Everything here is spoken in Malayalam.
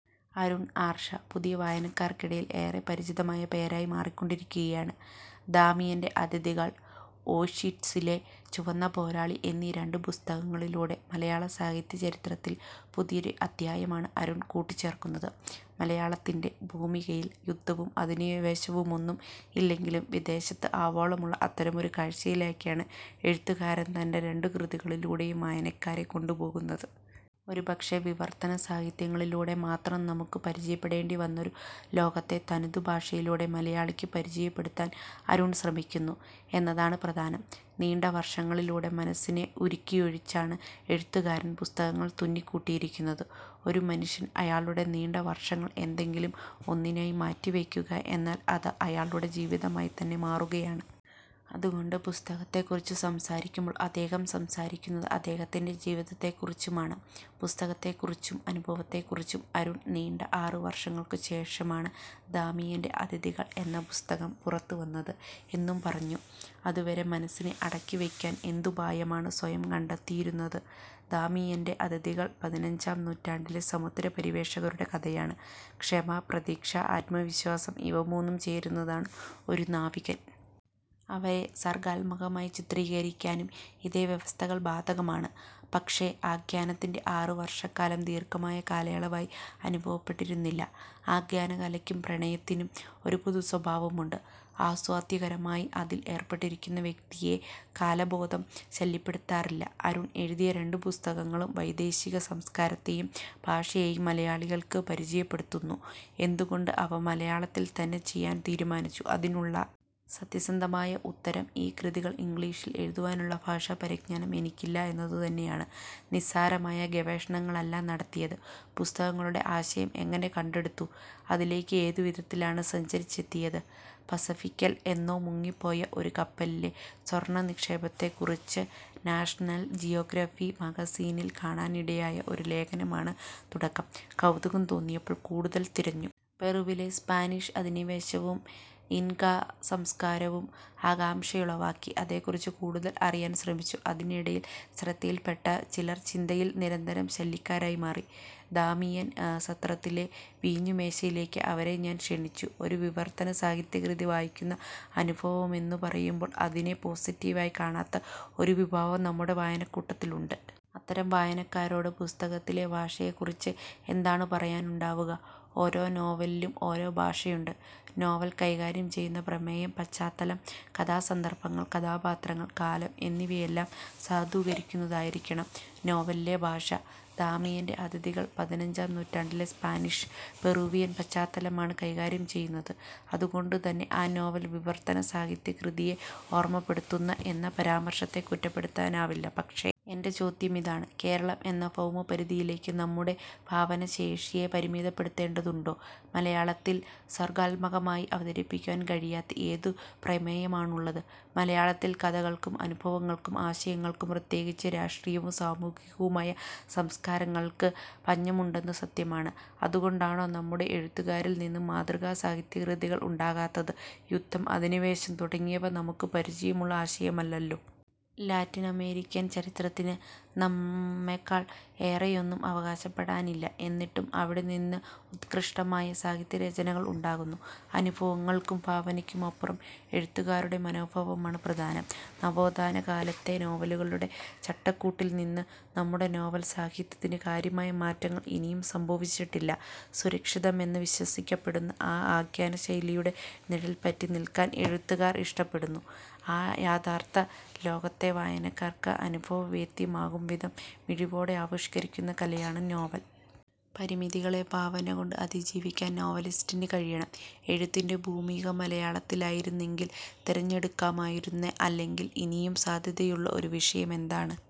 അരുൺ ആർഷ, പുതിയ വായനക്കാർക്കിടയിൽ ഏറെ പരിചിതമായ പേരായി മാറിക്കൊണ്ടിരിക്കുകയാണ്. ദാമിയൻ്റെ അതിഥികൾ, ഓഷ്വിറ്റ്സിലെ ചുവന്ന പോരാളി എന്നീ രണ്ടു പുസ്തകങ്ങളിലൂടെ മലയാള സാഹിത്യ ചരിത്രത്തിൽ പുതിയൊരു അധ്യായമാണ് അരുൺ കൂട്ടിച്ചേർക്കുന്നത്. മലയാളത്തിൻ്റെ ഭൂമികയിൽ യുദ്ധവും അധിനിവേശവുമൊന്നും ഇല്ലെങ്കിലും വിദേശത്ത് ആവോളമുള്ള അത്തരമൊരു കാഴ്ചയിലേക്കാണ് എഴുത്തുകാരൻ തൻ്റെ രണ്ടു കൃതികളിലൂടെയും വായനക്കാരെ കൊണ്ടുപോകുന്നത്. ഒരുപക്ഷേ വിവർത്തന സാഹിത്യങ്ങളിലൂടെ മാത്രം നമുക്ക് പരിചയപ്പെടേണ്ടി വന്നൊരു ലോകത്തെ തനതു ഭാഷയിലൂടെ മലയാളിക്ക് പരിചയപ്പെടുത്താൻ അരുൺ ശ്രമിക്കുന്നു എന്നതാണ് പ്രധാനം. നീണ്ട വർഷങ്ങളിലൂടെ മനസ്സിനെ ഉരുക്കിയൊഴിച്ചാണ് എഴുത്തുകാരൻ പുസ്തകങ്ങൾ തുന്നിക്കൂട്ടിയിരിക്കുന്നത്. ഒരു മനുഷ്യൻ അയാളുടെ നീണ്ട വർഷങ്ങൾ എന്തെങ്കിലും ഒന്നിനായി മാറ്റിവയ്ക്കുക എന്നാൽ അത് അയാളുടെ ജീവിതമായിത്തന്നെ മാറുകയാണ്. അതുകൊണ്ട് പുസ്തകത്തെക്കുറിച്ച് സംസാരിക്കുമ്പോൾ അദ്ദേഹം സംസാരിക്കുന്നത് അദ്ദേഹത്തിൻ്റെ ജീവിതത്തെക്കുറിച്ചുമാണ്. പുസ്തകത്തെക്കുറിച്ചും അനുഭവത്തെക്കുറിച്ചും അരുൺ. നീണ്ട ആറ് വർഷങ്ങൾക്കുശേഷമാണ് ദാമിയൻ്റെ അതിഥികൾ എന്ന പുസ്തകം പുറത്തുവന്നത് എന്നു പറഞ്ഞു. അതുവരെ മനസ്സിനെ അടക്കിവയ്ക്കാൻ എന്തുപായമാണ് സ്വയം കണ്ടെത്തിയിരുന്നത്? ദാമിയൻ്റെ അതിഥികൾ പതിനഞ്ചാം നൂറ്റാണ്ടിലെ സമുദ്ര പര്യവേക്ഷകരുടെ കഥയാണ്. ക്ഷമ, പ്രതീക്ഷ, ആത്മവിശ്വാസം ഇവ മൂന്നും ചേരുന്നതാണ് ഒരു നാവികൻ. അവരെ സർഗ്ഗാത്മകമായി ചിത്രീകരിക്കാനും ഇതേ വ്യവസ്ഥകൾ ബാധകമാണ്. പക്ഷേ ആഖ്യാനത്തിൻ്റെ ആറ് വർഷക്കാലം ദീർഘമായ കാലയളവായി അനുഭവപ്പെട്ടിരുന്നില്ല. ആഖ്യാനകലയ്ക്കും പ്രണയത്തിനും ഒരു പൊതുസ്വഭാവമുണ്ട്. ആസ്വാദ്യകരമായി അതിൽ ഏർപ്പെട്ടിരിക്കുന്ന വ്യക്തിയെ കാലബോധം ശല്യപ്പെടുത്താറില്ല. അരുൺ എഴുതിയ രണ്ടു പുസ്തകങ്ങളും വൈദേശിക സംസ്കാരത്തെയും ഭാഷയെയും മലയാളികൾക്ക് പരിചയപ്പെടുത്തുന്നു. എന്തുകൊണ്ട് അവ മലയാളത്തിൽത്തന്നെ ചെയ്യാൻ തീരുമാനിച്ചു? അതിനുള്ള സത്യസന്ധമായ ഉത്തരം ഈ കൃതികൾ ഇംഗ്ലീഷിൽ എഴുതുവാനുള്ള ഭാഷാപരിജ്ഞാനം എനിക്കില്ല എന്നതുതന്നെയാണ്. നിസ്സാരമായ ഗവേഷണങ്ങളല്ല നടത്തിയത്. പുസ്തകങ്ങളുടെ ആശയം എങ്ങനെ കണ്ടെടുത്തു? അതിലേക്ക് ഏതു വിധത്തിലാണ് സഞ്ചരിച്ചെത്തിയത്? പസഫിക്കിൽ എന്നോ മുങ്ങിപ്പോയ ഒരു കപ്പലിലെ സ്വർണനിക്ഷേപത്തെക്കുറിച്ച് നാഷനൽ ജിയോഗ്രഫി മാഗസിനിൽ കാണാനിടയായ ഒരു ലേഖനമാണ് തുടക്കം. കൗതുകം തോന്നിയപ്പോൾ കൂടുതൽ തിരഞ്ഞു. പെറുവിലെ സ്പാനിഷ് അധിനിവേശവും ഇൻകാ സംസ്കാരവും ആകാംക്ഷയുളവാക്കി. അതേക്കുറിച്ച് കൂടുതൽ അറിയാൻ ശ്രമിച്ചു. അതിനിടയിൽ ശ്രദ്ധയിൽപ്പെട്ട ചിലർ ചിന്തയിൽ നിരന്തരം ശല്യക്കാരായി മാറി. ദാമിയൻ സത്രത്തിലെ വീഞ്ഞുമേശയിലേക്ക് അവരെ ഞാൻ ക്ഷണിച്ചു. ഒരു വിവർത്തന സാഹിത്യകൃതി വായിക്കുന്ന അനുഭവമെന്നു പറയുമ്പോൾ അതിനെ പോസിറ്റീവായി കാണാത്ത ഒരു വിഭാഗവും നമ്മുടെ വായനക്കൂട്ടത്തിലുണ്ട്. അത്തരം വായനക്കാരോട് പുസ്തകത്തിലെ ഭാഷയെക്കുറിച്ച് എന്താണു പറയാനുണ്ടാവുക? ഓരോ നോവലിനും ഓരോ ഭാഷയുണ്ട്. നോവൽ കൈകാര്യം ചെയ്യുന്ന പ്രമേയം, പശ്ചാത്തലം, കഥാസന്ദർഭങ്ങൾ, കഥാപാത്രങ്ങൾ, കാലം എന്നിവയെല്ലാം സാധൂകരിക്കുന്നതായിരിക്കണം നോവലിലെ ഭാഷ. ദാമിയൻ്റെ അതിഥികൾ പതിനഞ്ചാം നൂറ്റാണ്ടിലെ സ്പാനിഷ് പെറുവിയൻ പശ്ചാത്തലമാണ് കൈകാര്യം ചെയ്യുന്നത്. അതുകൊണ്ടുതന്നെ ആ നോവൽ വിവർത്തന സാഹിത്യകൃതിയെ ഓർമപ്പെടുത്തുന്നു എന്ന പരാമർശത്തെ കുറ്റപ്പെടുത്താനാവില്ല. പക്ഷേ എൻ്റെ ചോദ്യമിതാണ്. കേരളം എന്ന ഭൗമപരിധിയിലേക്ക് നമ്മുടെ ഭാവനാശേഷിയെ പരിമിതപ്പെടുത്തേണ്ടതുണ്ടോ? മലയാളത്തിൽ സർഗ്ഗാത്മകമായി അവതരിപ്പിക്കാൻ കഴിയാത്ത ഏതു പ്രമേയമാണുള്ളത്? മലയാളത്തിൽ കഥകൾക്കും അനുഭവങ്ങൾക്കും ആശയങ്ങൾക്കും പ്രത്യേകിച്ച് രാഷ്ട്രീയവും സാമൂഹികവുമായ സംസ്കാരങ്ങൾക്ക് പഞ്ഞമുണ്ടെന്നത് സത്യമാണ്. അതുകൊണ്ടാണോ നമ്മുടെ എഴുത്തുകാരിൽനിന്ന് മാതൃകാ സാഹിത്യകൃതികൾ ഉണ്ടാകാത്തത്? യുദ്ധം, അധിനിവേശം തുടങ്ങിയവ നമുക്ക് പരിചയമുള്ള ആശയമല്ലല്ലോ. ലാറ്റിനമേരിക്കൻ ചരിത്രത്തിന് നമ്മേക്കാൾ ഏറെയൊന്നും അവകാശപ്പെടാനില്ല. എന്നിട്ടും അവിടെനിന്ന് ഉത്കൃഷ്ടമായ സാഹിത്യരചനകൾ ഉണ്ടാകുന്നു. അനുഭവങ്ങൾക്കും ഭാവനയ്ക്കുമപ്പുറം എഴുത്തുകാരുടെ മനോഭാവമാണ് പ്രധാനം. നവോത്ഥാനകാലത്തെ നോവലുകളുടെ ചട്ടക്കൂട്ടിൽനിന്ന് നമ്മുടെ നോവൽ സാഹിത്യത്തിന് കാര്യമായ മാറ്റങ്ങൾ ഇനിയും സംഭവിച്ചിട്ടില്ല. സുരക്ഷിതമെന്ന് വിശ്വസിക്കപ്പെടുന്ന ആ ആഖ്യാനശൈലിയുടെ നിഴൽപറ്റി നിൽക്കാൻ എഴുത്തുകാർ ഇഷ്ടപ്പെടുന്നു. അയഥാർഥ ലോകത്തെ വായനക്കാർക്ക് അനുഭവവേദ്യമാകുംവിധം മിഴിവോടെ ആവിഷ്കരിക്കുന്ന കലയാണ് നോവൽ. പരിമിതികളെ ഭാവനകൊണ്ട് അതിജീവിക്കാൻ നോവലിസ്റ്റിന് കഴിയണം. എഴുത്തിൻ്റെ ഭൂമിക മലയാളത്തിലായിരുന്നെങ്കിൽ തിരഞ്ഞെടുക്കുമായിരുന്ന, അല്ലെങ്കിൽ ഇനിയും സാധ്യതയുള്ള ഒരു വിഷയമെന്താണ്?